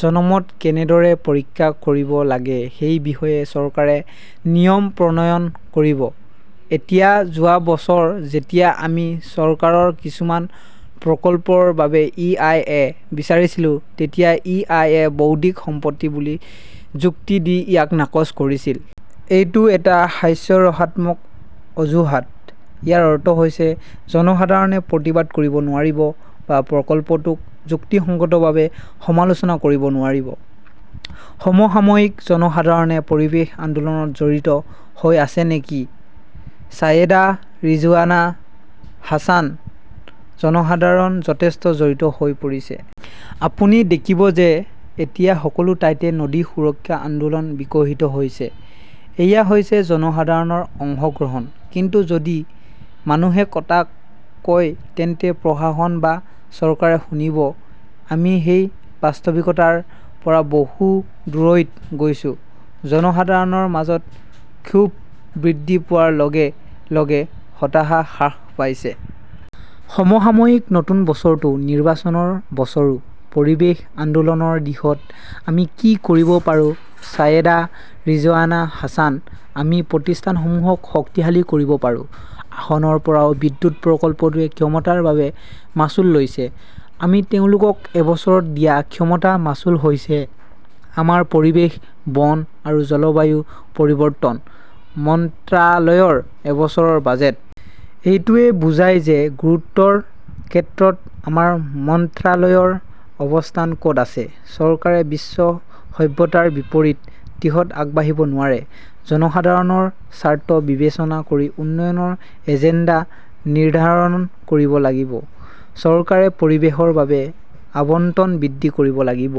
জনমত কেনেদৰে পৰীক্ষা কৰিব লাগে সেই বিষয়ে চৰকাৰে নিয়ম প্ৰণয়ন কৰিব। এতিয়া, যোৱা বছৰ যেতিয়া আমি চৰকাৰৰ কিছুমান প্ৰকল্পৰ বাবে ই. আই. এ. বিচাৰিছিলো, তেতিয়া ই. আই. এ. বৌদ্ধিক সম্পত্তি বুলি যুক্তি দি ইয়াক নাকচ কৰিছিল। এইটো এটা হাস্যৰসাত্মক অজুহাত। ইয়াৰ অৰ্থ হৈছে জনসাধাৰণে প্ৰতিবাদ কৰিব নোৱাৰিব বা প্ৰকল্পটোক যুক্তিসংগতভাৱে সমালোচনা কৰিব নোৱাৰিব। সমসাময়িকঃ জনসাধাৰণে পৰিৱেশ আন্দোলনত জড়িত হৈ আছে নেকি ছায়েদা ৰিজৱানা হাছান জনসাধাৰণ যথেষ্ট জড়িত হৈ পৰিছে। আপুনি দেখিব যে এতিয়া সকলো তাইতে নদী সুৰক্ষা আন্দোলন বিকশিত হৈছে। এয়া হৈছে জনসাধাৰণৰ অংশগ্ৰহণ। কিন্তু যদি মানুহে কতা কয় তেন্তে প্ৰশাসন বা চৰকাৰে শুনিব-আমি সেই বাস্তৱিকতাৰ পৰা বহু দূৰৈত গৈছো। জনসাধাৰণৰ মাজত ক্ষোভ বৃদ্ধি পোৱাৰ লগে লগে হতাশা হ্ৰাস পাইছে। সমসাময়িকঃ নতুন বছৰটো নিৰ্বাচনৰ বছৰো। পৰিৱেশ আন্দোলনৰ দিশত আমি কি কৰিব পাৰোঁ ছায়েদা ৰিজৱানা হাছানঃ আমি প্ৰতিষ্ঠানসমূহক শক্তিশালী কৰিব পাৰোঁ। আসনৰ পৰাও বিদ্যুৎ প্ৰকল্পটোৱে ক্ষমতাৰ বাবে মাচুল লৈছে। আমি তেওঁলোকক এবছৰত দিয়া ক্ষমতা মাচুল হৈছে আমাৰ পৰিৱেশ, বন আৰু জলবায়ু পৰিৱৰ্তন মন্ত্ৰালয়ৰ এবছৰৰ বাজেট। এইটোৱে বুজায় যে গুৰুত্বৰ ক্ষেত্ৰত আমাৰ মন্ত্ৰালয়ৰ অৱস্থান ক’ত আছে। চৰকাৰে বিশ্ব সভ্যতাৰ বিপৰীত দিশত আগবাঢ়িব নোৱাৰে। জনসাধাৰণৰ স্বাৰ্থ বিবেচনা কৰি উন্নয়নৰ এজেণ্ডা নিৰ্ধাৰণ কৰিব লাগিব। চৰকাৰে পৰিৱেশৰ বাবে আবণ্টন বৃদ্ধি কৰিব লাগিব।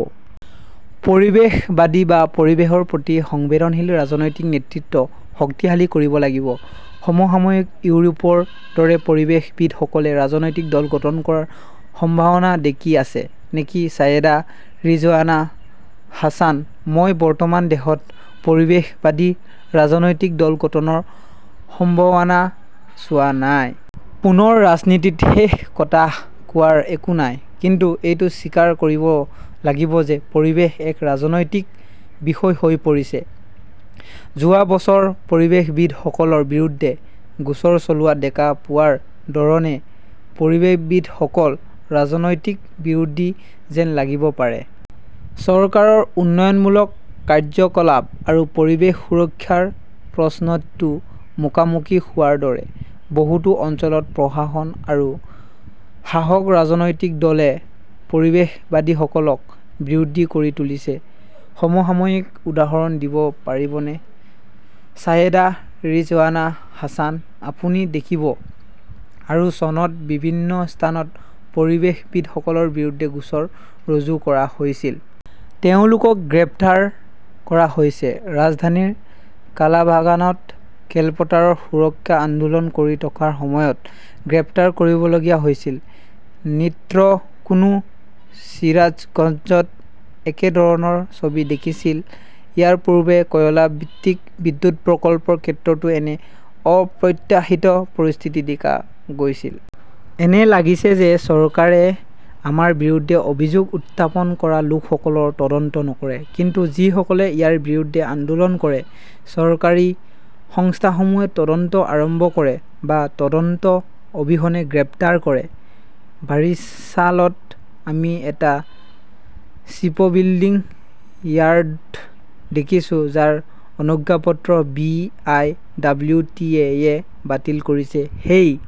পৰিৱেশবাদী বা পৰিৱেশৰ প্ৰতি সংবেদনশীল ৰাজনৈতিক নেতৃত্ব শক্তিশালী কৰিব লাগিব। সমসাময়িক ইউৰোপৰ দৰে পৰিৱেশবিদসকলে ৰাজনৈতিক দল গঠন কৰ সম্ভাৱনা দেকি আছে নেকি ছায়েদা ৰিজৱানা হাছান মই বৰ্তমান দেহত পৰিৱেশবাদী ৰাজনৈতিক দল গঠনৰ সম্ভাৱনা চোৱা নাই। পুনৰ ৰাজনীতিত শেষ কতাহ কোৱাৰ একো নাই। কিন্তু এইটো স্বীকাৰ কৰিব লাগিব যে পৰিৱেশ এক ৰাজনৈতিক বিষয় হৈ পৰিছে। যোৱা বছৰ পৰিৱেশবিদসকলৰ বিৰুদ্ধে গোচৰ চলোৱা দেকা পোৱাৰ ধৰণে পৰিৱেশবিদসকল ৰাজনৈতিক বিৰোধী যেন লাগিব পাৰে। চৰকাৰৰ উন্নয়নমূলক কাৰ্যকলাপ আৰু পৰিৱেশ সুৰক্ষাৰ প্ৰশ্নটো মুকামুকি হোৱাৰ দৰে। বহুতো অঞ্চলত প্ৰহাহন আৰু শাসক ৰাজনৈতিক দলে পৰিৱেশবাদীসকলক বিৰোধী কৰি তুলিছে। সমসাময়িকঃ উদাহৰণ দিব পাৰিবনে ছায়েদা ৰিজৱানা হাছান আপুনি দেখিব, আৰু চনত বিভিন্ন স্থানত পৰিৱেশবিদসকলৰ বিৰুদ্ধে গোচৰ ৰুজু কৰা হৈছিল। তেওঁলোকক গ্ৰেপ্তাৰ কৰা হৈছে। ৰাজধানীৰ কালাবাগানত খেলপথাৰ সুৰক্ষা আন্দোলন কৰি থকাৰ সময়ত গ্ৰেপ্তাৰ কৰিবলগীয়া হৈছিল। নীত্ৰকোনা, চিৰাজগঞ্জত একে ধৰণৰ ছবি দেখিছিল। ইয়াৰ পূৰ্বে কয়লা ভিত্তিক বিদ্যুৎ প্ৰকল্পৰ ক্ষেত্ৰতো এনে অপ্ৰত্যাশিত পৰিস্থিতি দেকা গৈছিল। এনে লাগিছে যে চৰকাৰে আমাৰ বিৰুদ্ধে অভিযোগ উত্থাপন কৰা লোকসকলৰ তদন্ত নকৰে। কিন্তু যিসকলে ইয়াৰ বিৰুদ্ধে আন্দোলন কৰে, চৰকাৰী সংস্থাসমূহে তদন্ত আৰম্ভ কৰে বা তদন্ত অবিহনে গ্ৰেপ্তাৰ কৰে। বাৰিশ্বালত আমি এটা শ্বিপবিল্ডিং য়াৰ্ড দেখিছো, যাৰ অনুজ্ঞাপত্ৰ B. I. W. T. A. য়ে বাতিল কৰিছে। সেই